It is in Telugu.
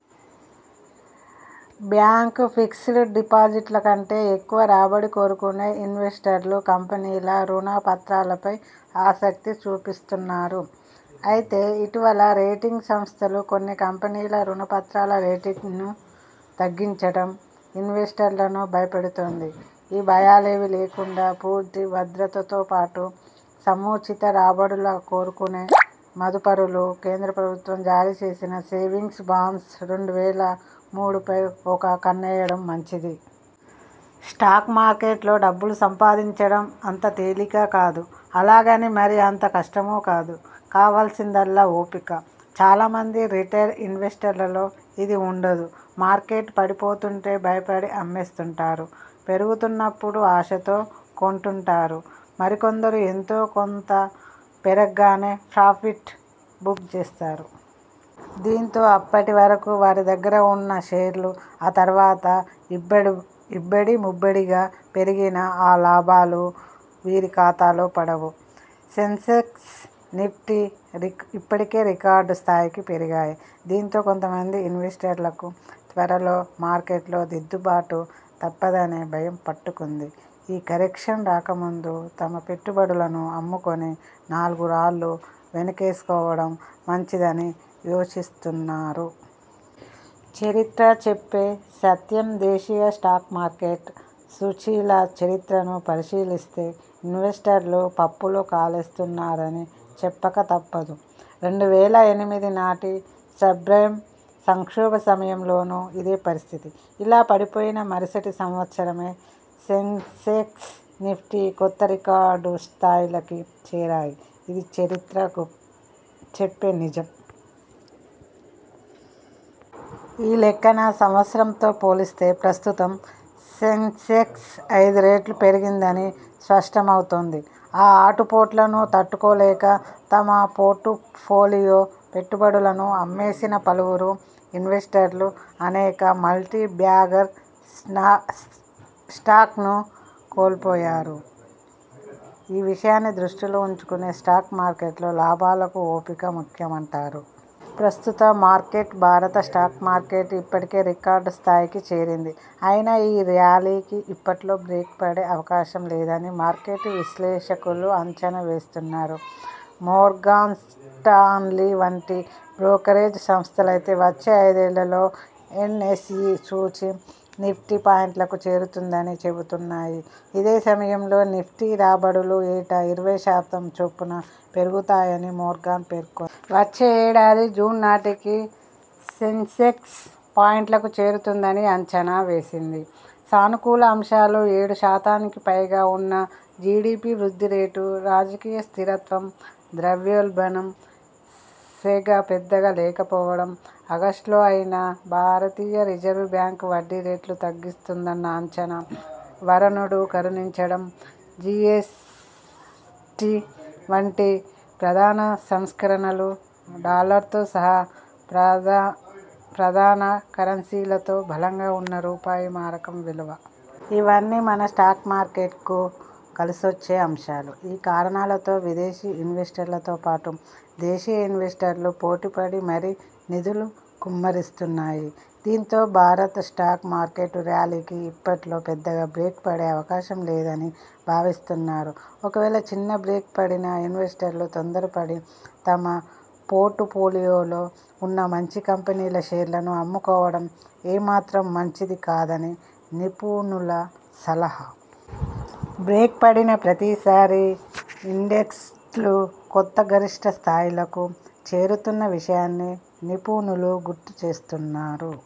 బ్యాంక్ ఫిక్స్డ్ డిపాజిట్ల కంటే ఎక్కువ రాబడి కోరుకునే ఇన్వెస్టర్లు కంపెనీల రుణ పత్రాలపై ఆసక్తి చూపిస్తున్నారు. అయితే ఇటీవల రేటింగ్ సంస్థలు కొన్ని కంపెనీల రుణ పత్రాల రేటింగ్ను తగ్గించటం ఇన్వెస్టర్లను భయపెడుతోంది. ఈ భయాలేవీ లేకుండా పూర్తి భద్రతతోపాటు సముచిత రాబడుల కోరుకునే మదుపరులు, కేంద్ర ప్రభుత్వం జారీ చేసిన 'సేవింగ్స్ బాండ్స్-రెండు వేల మూడుపై ఒక కన్నేయడం మంచిది. స్టాక్ మార్కెట్లో డబ్బులు సంపాదించడం అంత తేలిక కాదు. అలాగని మరీ అంత కష్టమూ కాదు. కావాల్సిందల్లా ఓపిక. చాలా మంది రిటైల్ ఇన్వెస్టర్లలో ఇది ఉండదు. మార్కెట్ పడిపోతుంటే భయపడి అమ్మేస్తుంటారు. పెరుగుతున్నప్పుడు ఆశతో కొంటుంటారు. మరికొందరు ఎంతో కొంత పెరగ్గానే ప్రాఫిట్ బుక్ చేస్తారు. దీంతో అప్పటి వరకు వారి దగ్గర ఉన్న షేర్లు ఆ తర్వాత ఇబ్బడు ఇబ్బడిముబ్బడిగా పెరిగినా, ఆ లాభాలు వీరి ఖాతాలో పడవు. సెన్సెక్స్, నిఫ్టీ ఇప్పటికే రికార్డు స్థాయికి పెరిగాయి. దీంతో కొంతమంది ఇన్వెస్టర్లకు త్వరలో మార్కెట్లో దిద్దుబాటు తప్పదనే భయం పట్టుకుంది. ఈ కరెక్షన్ రాక ముందే తమ పెట్టుబడులను అమ్ముకుని నాలుగు రాళ్లు వెనకేసుకోవడం మంచిదని యోచిస్తున్నారు. చరిత్ర చెప్పే సత్యందేశీయ స్టాక్ మార్కెట్ సూచీల చరిత్రను పరిశీలిస్తే ఇన్వెస్టర్లు పప్పులో కాలేస్తున్నారని చెప్పక తప్పదు. రెండు వేల ఎనిమిదినాటి సబ్రేమ్ సంక్షోభ సమయంలోనూ ఇదే పరిస్థితి. ఇలా పడిపోయిన మరుసటి సంవత్సరమే సెన్సెక్స్, నిఫ్టీ కొత్త రికార్డు స్థాయిలకి చేరాయి. ఇది చరిత్ర గోప్ చెప్పే నిజం. ఈ లెక్కన సంవత్సరంతో పోలిస్తే ప్రస్తుతం సెన్సెక్స్ ఐదు రెట్లు పెరిగిందని స్పష్టమవుతోంది. ఆ ఆటుపోట్లను తట్టుకోలేక తమ పోర్టుఫోలియో పెట్టుబడులను అమ్మేసిన పలువురు ఇన్వెస్టర్లు అనేక మల్టీ బ్యాగర్ స్నా స్టాక్ను కోల్పోయారు. ఈ విషయాన్ని దృష్టిలో ఉంచుకునే స్టాక్ మార్కెట్లో లాభాలకు ఓపిక ముఖ్యమంటారు. ప్రస్తుత మార్కెట్భారత స్టాక్ మార్కెట్ ఇప్పటికే రికార్డ్ స్థాయికి చేరింది. అయినా ఈ ర్యాలీకి ఇప్పట్లో బ్రేక్ పడే అవకాశం లేదని మార్కెట్ విశ్లేషకులు అంచనా వేస్తున్నారు. మోర్గాన్స్టాన్లీ వంటి బ్రోకరేజ్ సంస్థలైతే వచ్చే ఐదేళ్లలో ఎన్ఎస్ఇ సూచీ నిఫ్టీ పాయింట్లకు చేరుతుందని చెబుతున్నాయి. ఇదే సమయంలో నిఫ్టీ రాబడులూ ఏటా ఇరవై శాతం చొప్పున పెరుగుతాయని మోర్గాన్ పేర్కొంది. వచ్చే ఏడాది జూన్ నాటికి సెన్సెక్స్ పాయింట్లకు చేరుతుందని అంచనా వేసింది. సానుకూల అంశాలు ఏడు శాతానికిపైగా ఉన్న జిడిపి వృద్ధి రేటు, రాజకీయ స్థిరత్వం, ద్రవ్యోల్బణం సెగ పెద్దగా లేకపోవడం, ఆగస్టులో అయినా భారతీయ రిజర్వ్ బ్యాంక్ వడ్డీ రేట్లు తగ్గిస్తుందన్న అంచనా, వరుణుడు కరుణించడం, జిఎ్సటి వంటి ప్రధాన సంస్కరణలు, డాలర్తో సహా ప్రధా ప్రధాన కరెన్సీలతో బలంగా ఉన్న రూపాయి మారకం విలువ.. ఇవన్నీ మన స్టాక్ మార్కెట్కు కలిసొచ్చే అంశాలు. ఈ కారణాలతో విదేశీ ఇన్వెస్టర్లతోపాటు, దేశీయ ఇన్వెస్టర్లు పోటీపడి మరీ నిధులు కుమ్మరిస్తున్నాయి. దీంతో భారత స్టాక్ మార్కెట్ ర్యాలీకి ఇప్పట్లో పెద్దగా బ్రేక్ పడే అవకాశం లేదని భావిస్తున్నారు. ఒకవేళ చిన్న బ్రేక్ పడినా ఇన్వెస్టర్లు తొందరపడి తమ పోర్టుఫోలియోలో ఉన్న మంచి కంపెనీల షేర్లను అమ్ముకోవడం ఏ మాత్రం మంచిది కాదని నిపుణుల సలహా. బ్రేక్ పడిన ప్రతిసారీ ఇండెక్స్లు కొత్త గరిష్ఠ స్థాయిలకు చేరుతున్న విషయాన్నీ నిపుణులు గుర్తు చేస్తున్నారు.